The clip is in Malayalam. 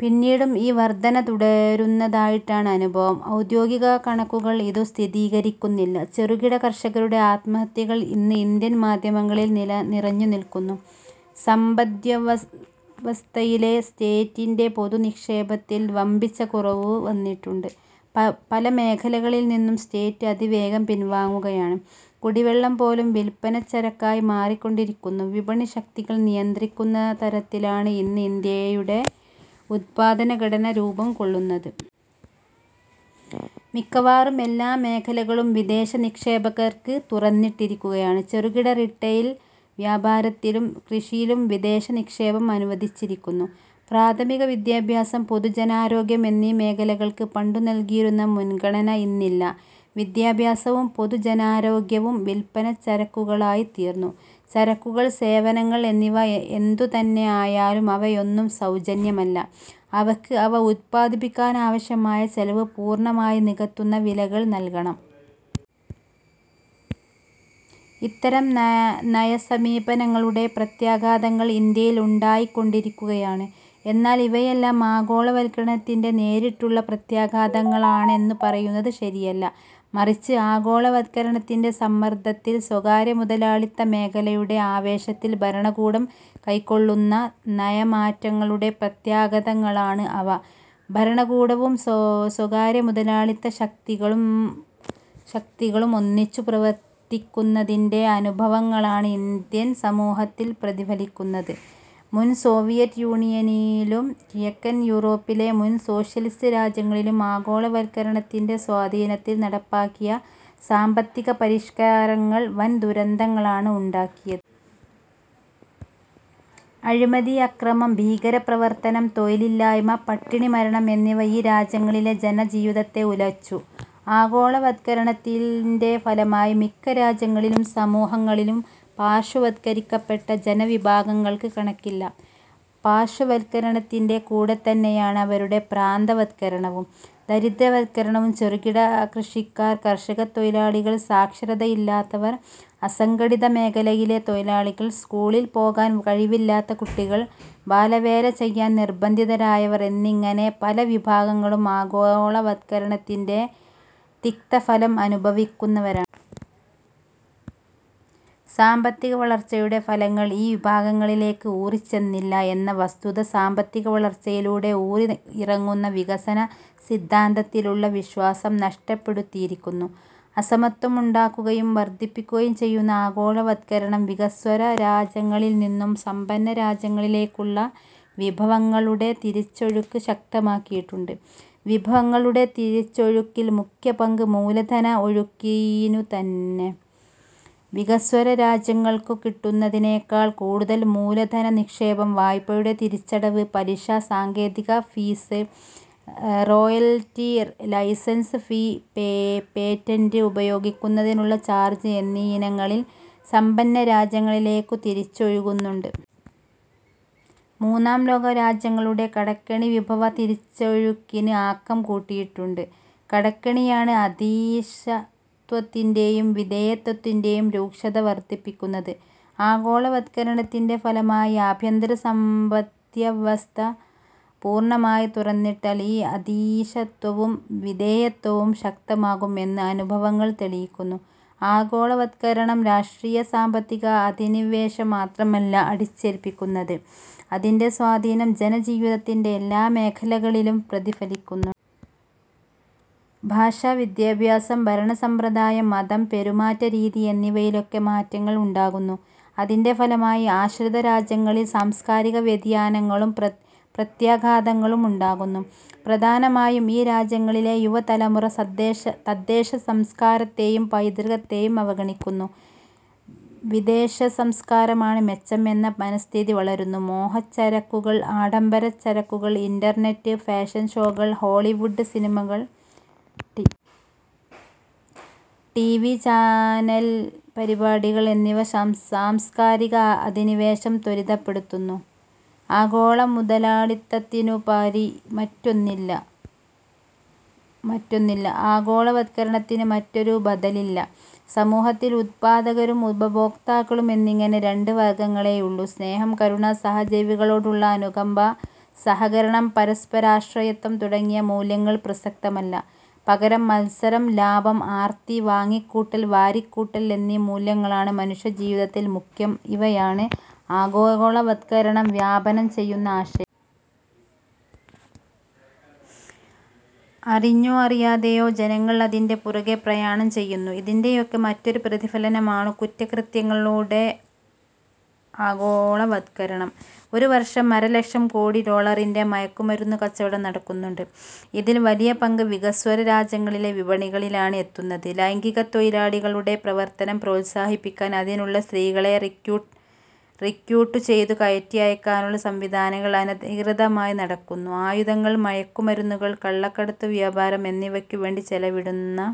പിന്നീടും ഈ വർധന തുടരുന്നതായിട്ടാണ് അനുഭവം. ഔദ്യോഗികകണക്കുകൾ ഇതു സ്ഥിരീകരിക്കുന്നില്ല. ചെറുകിടകർഷകരുടെ ആത്മഹത്യകൾ ഇന്ന് ഇന്ത്യൻ മാധ്യമങ്ങളിൽ നിറഞ്ഞുനില്ക്കുന്നു. സമ്പദ്വ്യവസ്ഥയിലെ സ്റ്റേറ്റിന്റെ പൊതുനിക്ഷേപത്തിൽ വമ്പിച്ച കുറവു വന്നിട്ടുണ്ട്. പല മേഖലകളിൽനിന്നും സ്റ്റേറ്റ് അതിവേഗം പിൻവാങ്ങുകയാണ്. കുടിവെള്ളംപോലും വില്പനച്ചരക്കായി മാറിക്കൊണ്ടിരിക്കുന്നു. വിപണി ശക്തികൾ നിയന്ത്രിക്കുന്നതരത്തിലാണ് ഇന്ന് ഇന്ത്യയുടെ ഉത്പാദനഘടന രൂപംകൊള്ളുന്നത്. മിക്കവാറും എല്ലാ മേഖലകളും വിദേശനിക്ഷേപകർക്ക് തുറന്നിട്ടിരിക്കുകയാണ്. ചെറുകിട റീട്ടെയിൽ വ്യാപാരത്തിലും കൃഷിയിലും വിദേശനിക്ഷേപം അനുവദിച്ചിരിക്കുന്നു. പ്രാഥമികവിദ്യാഭ്യാസം പൊതുജനാരോഗ്യം എന്നീ മേഖലകൾക്ക് പണ്ടു നൽകിയിരുന്ന മുൻഗണന ഇന്നില്ല. വിദ്യാഭ്യാസവും പൊതുജനാരോഗ്യവും വില്പനച്ചരക്കുകളായിത്തീർന്നു. ചരക്കുകൾ, സേവനങ്ങൾ എന്നിവ എന്തുതന്നെ ആയാലും അവയൊന്നും സൌജന്യമല്ല. അവയ്ക്ക് അവ ഉത്പാദിപ്പിക്കാനാവശ്യമായ ചെലവു പൂർണമായി നികത്തുന്ന വിലകൾ നൽകണം. ഇത്തരം നയസമീപനങ്ങളുടെ പ്രത്യാഘാതങ്ങൾ ഇന്ത്യയിൽ ഉണ്ടായിക്കൊണ്ടിരിക്കുകയാണ്. എന്നാൽ ഇവയെല്ലാം ആഗോളവത്കരണത്തിന്റെ നേരിട്ടുള്ള പ്രത്യാഘാതങ്ങളാണെന്നു പറയുന്നത് ശരിയല്ല. മറിച്ച്, ആഗോളവത്കരണത്തിന്റെ സമ്മർദത്തിൽ സ്വകാര്യമുതലാളിത്തമേഖലയുടെ ആവേശത്തിൽ ഭരണകൂടം കൈക്കൊള്ളുന്ന നയമാറ്റങ്ങളുടെ പ്രത്യാഘാതങ്ങളാണ് അവ. ഭരണകൂടവും സ്വകാര്യമുതലാളിത്തശക്തികളും ഒന്നിച്ചു പ്രവർത്തിക്കുന്നതിന്റെ അനുഭവങ്ങളാണ് ഇന്ത്യൻ സമൂഹത്തിൽ പ്രതിഫലിക്കുന്നത്. മുൻസോവിയറ്റ് യൂണിയനിലും കിഴക്കൻ യൂറോപ്പിലെ മുൻസോഷ്യലിസ്റ്റ് രാജ്യങ്ങളിലും ആഗോളവത്കരണത്തിന്റെ സ്വാധീനത്തിൽ നടപ്പാക്കിയ സാമ്പത്തികപരിഷ്കാരങ്ങൾ വൻദുരന്തങ്ങളാണ് ഉണ്ടാക്കിയത്. അഴിമതി, അക്രമം, ഭീകരപ്രവർത്തനം, തൊഴിലില്ലായ്മ, പട്ടിണിമരണം എന്നിവ ഈ രാജ്യങ്ങളിലെ ജനജീവിതത്തെ ഉലച്ചു. ആഗോളവത്കരണത്തിന്റെ ഫലമായി മിക്ക രാജ്യങ്ങളിലും സമൂഹങ്ങളിലും പാർശ്വവത്കരിക്കപ്പെട്ട ജനവിഭാഗങ്ങൾക്ക് കണക്കില്ല. പാർശ്വവത്കരണത്തിന്റെ കൂടെത്തന്നെയാണ് അവരുടെ പ്രാന്തവത്കരണവും, ദരിദ്രവത്കരണവും. ചെറുകിടകൃഷിക്കാർ, കർഷകത്തൊഴിലാളികൾ, സാക്ഷരതയില്ലാത്തവർ, അസംഘടിതമേഖലയിലെ തൊഴിലാളികൾ, സ്കൂളിൽപോകാൻ കഴിവില്ലാത്ത കുട്ടികൾ, ബാലവേല ചെയ്യാൻ നിർബന്ധിതരായവർ എന്നിങ്ങനെ പല വിഭാഗങ്ങളും ആഗോളവത്കരണത്തിന്റെ തിക്തഫലം അനുഭവിക്കുന്നവരാണ്. സാമ്പത്തിക വളർച്ചയുടെ ഫലങ്ങൾ ഈ വിഭാഗങ്ങളിലേക്ക് ഊറിച്ചെന്നില്ല എന്ന വസ്തുത "സാമ്പത്തികവളർച്ചയിലൂടെ ഊറിഇറങ്ങുന്ന വികസനസിദ്ധാന്തത്തിലുള്ള വിശ്വാസം നഷ്ടപ്പെടുത്തിയിരിക്കുന്നു. അസമത്വം ഉണ്ടാക്കുകയും വർധിപ്പിക്കുകയും ചെയ്യുന്ന ആഗോളവത്കരണം വികസ്വരരാജ്യങ്ങളിൽനിന്നും സമ്പന്നരാജ്യങ്ങളിലേക്കുള്ള വിഭവങ്ങളുടെ തിരിച്ചൊഴുക്ക് ശക്തമാക്കിയിട്ടുണ്ട്. വിഭവങ്ങളുടെ തിരിച്ചൊഴുക്കിൽ മുഖ്യപങ്ക് മൂലധനഒഴുക്കിനുതന്നെ. വികസ്വരരാജ്യങ്ങൾക്കു കിട്ടുന്നതിനെക്കാൾ കൂടുതൽ മൂലധനനിക്ഷേപം, വായ്പയുടെ തിരിച്ചടവ്, പലിശ, സാങ്കേതികഫീസ്, റോയൽറ്റി, ലൈസൻസ് ഫീ, പേറ്റന്റ് ഉപയോഗിക്കുന്നതിനുള്ള ചാർജ് എന്നീയിനങ്ങളിൽ സമ്പന്നരാജ്യങ്ങളിലേക്കു തിരിച്ചൊഴുകുന്നുണ്ട്. മൂന്നാം ലോകരാജ്യങ്ങളുടെ കടക്കെണി വിഭവതിരിച്ചൊഴുക്കിന് ആക്കം കൂട്ടിയിട്ടുണ്ട്. കടക്കെണിയാണ് അധീശത്വത്തിന്റെയും വിധേയത്വത്തിന്റെയും രൂക്ഷത വർധിപ്പിക്കുന്നത്. ആഗോളവത്കരണത്തിന്റെ ഫലമായി ആഭ്യന്തരസമ്പദ്വ്യവസ്ഥ പൂർണമായി തുറന്നിട്ടാൽ ഈ അധീശത്വവും വിധേയത്വവും ശക്തമാകും എന്ന് അനുഭവങ്ങൾ തെളിയിക്കുന്നു. ആഗോളവത്കരണം രാഷ്ട്രീയ-സാമ്പത്തിക അധിനിവേശം മാത്രമല്ല അടിച്ചേൽപ്പിക്കുന്നത്. അതിന്റെ സ്വാധീനം ജനജീവിതത്തിന്റെ എല്ലാ മേഖലകളിലും പ്രതിഫലിക്കുന്നുണ്ട്. ഭാഷ, വിദ്യാഭ്യാസം, ഭരണസമ്പ്രദായം, മതം, പെരുമാറ്റരീതി എന്നിവയിലൊക്കെ മാറ്റങ്ങൾ ഉണ്ടാകുന്നു. അതിന്റെ ഫലമായി ആശ്രിതരാജ്യങ്ങളിൽ സാംസ്കാരിക വ്യതിയാനങ്ങളും പ്രത്യാഘാതങ്ങളും ഉണ്ടകുന്നു. പ്രധാനമായും ഈ രാജ്യങ്ങളിലെ യുവതലമുറ തദ്ദേശസംസ്കാരത്തെയും പൈതൃകത്തെയും അവഗണിക്കുന്നു. വിദേശസംസ്കാരമാണ് മെച്ചം എന്ന മനഃസ്ഥിതി വളരുന്നു. മോഹച്ചരക്കുകൾ, ആഡംബരച്ചരക്കുകൾ, ഇന്റർനെറ്റ്, ഫാഷൻഷോകൾ, ഹോളിവുഡ് സിനിമകൾ, ടി. വി. ചാനൽ പരിപാടികൾ എന്നിവ സാംസ്കാരിക അധിനിവേശം ത്വരിതപ്പെടുത്തുന്നു. ആഗോളമുതലാളിത്തത്തിനുപരി മറ്റൊന്നില്ല; ആഗോളവത്കരണത്തിന് മറ്റൊരു ബദലില്ല; സമൂഹത്തിൽ ഉത്പാദകരും ഉപഭോക്താക്കളും എന്നിങ്ങനെ രണ്ട് വർഗങ്ങളെയുള്ളൂ; സ്നേഹം, കരുണ, സഹജീവികളോടുള്ള അനുകമ്പ, സഹകരണം, പരസ്പരാശ്രയത്വം തുടങ്ങിയ മൂല്യങ്ങൾ പ്രസക്തമല്ല; പകരം, മത്സരം, ലാഭം, ആർത്തി, വാങ്ങിക്കൂട്ടൽ, വാരിക്കൂട്ടൽ എന്നീ മൂല്യങ്ങളാണ് മനുഷ്യജീവിതത്തിൽ മുഖ്യം ഇവയാണ് ആഗോളവത്കരണം വ്യാപനം ചെയ്യുന്ന ആശയങ്ങൾ. അറിഞ്ഞോ അറിയാതെയോ ജനങ്ങൾ അതിന്റെ പുറകെ പ്രയാണം ചെയ്യുന്നു. ഇതിന്റെയൊക്കെ മറ്റൊരു പ്രതിഫലനമാണു കുറ്റകൃത്യങ്ങളുടെ ആഗോളവത്കരണം. ഒരുവർഷം അരലക്ഷം കോടിഡോളറിന്റെ മയക്കുമരുന്നു കച്ചവടം നടക്കുന്നുണ്ട്. ഇതിൽ വലിയ പങ്ക് വികസ്വര രാജ്യങ്ങളിലെ വിപണികളിലാണ് എത്തുന്നത്. ലൈംഗികത്തൊഴിലാളികളുടെ പ്രവർത്തനം പ്രോത്സാഹിപ്പിക്കാൻ അതിനുള്ള സ്ത്രീകളെ റിക്രൂട്ടു ചെയ്തുകയറ്റി അയയ്ക്കാനുള്ള സംവിധാനങ്ങൾ അനധികൃതമായി നടക്കുന്നു. ആയുധങ്ങൾ, മയക്കുമരുന്നുകൾ, കള്ളക്കടത്തു വ്യാപാരം എന്നിവയ്ക്കുവേണ്ടി ചെലവിടുന്ന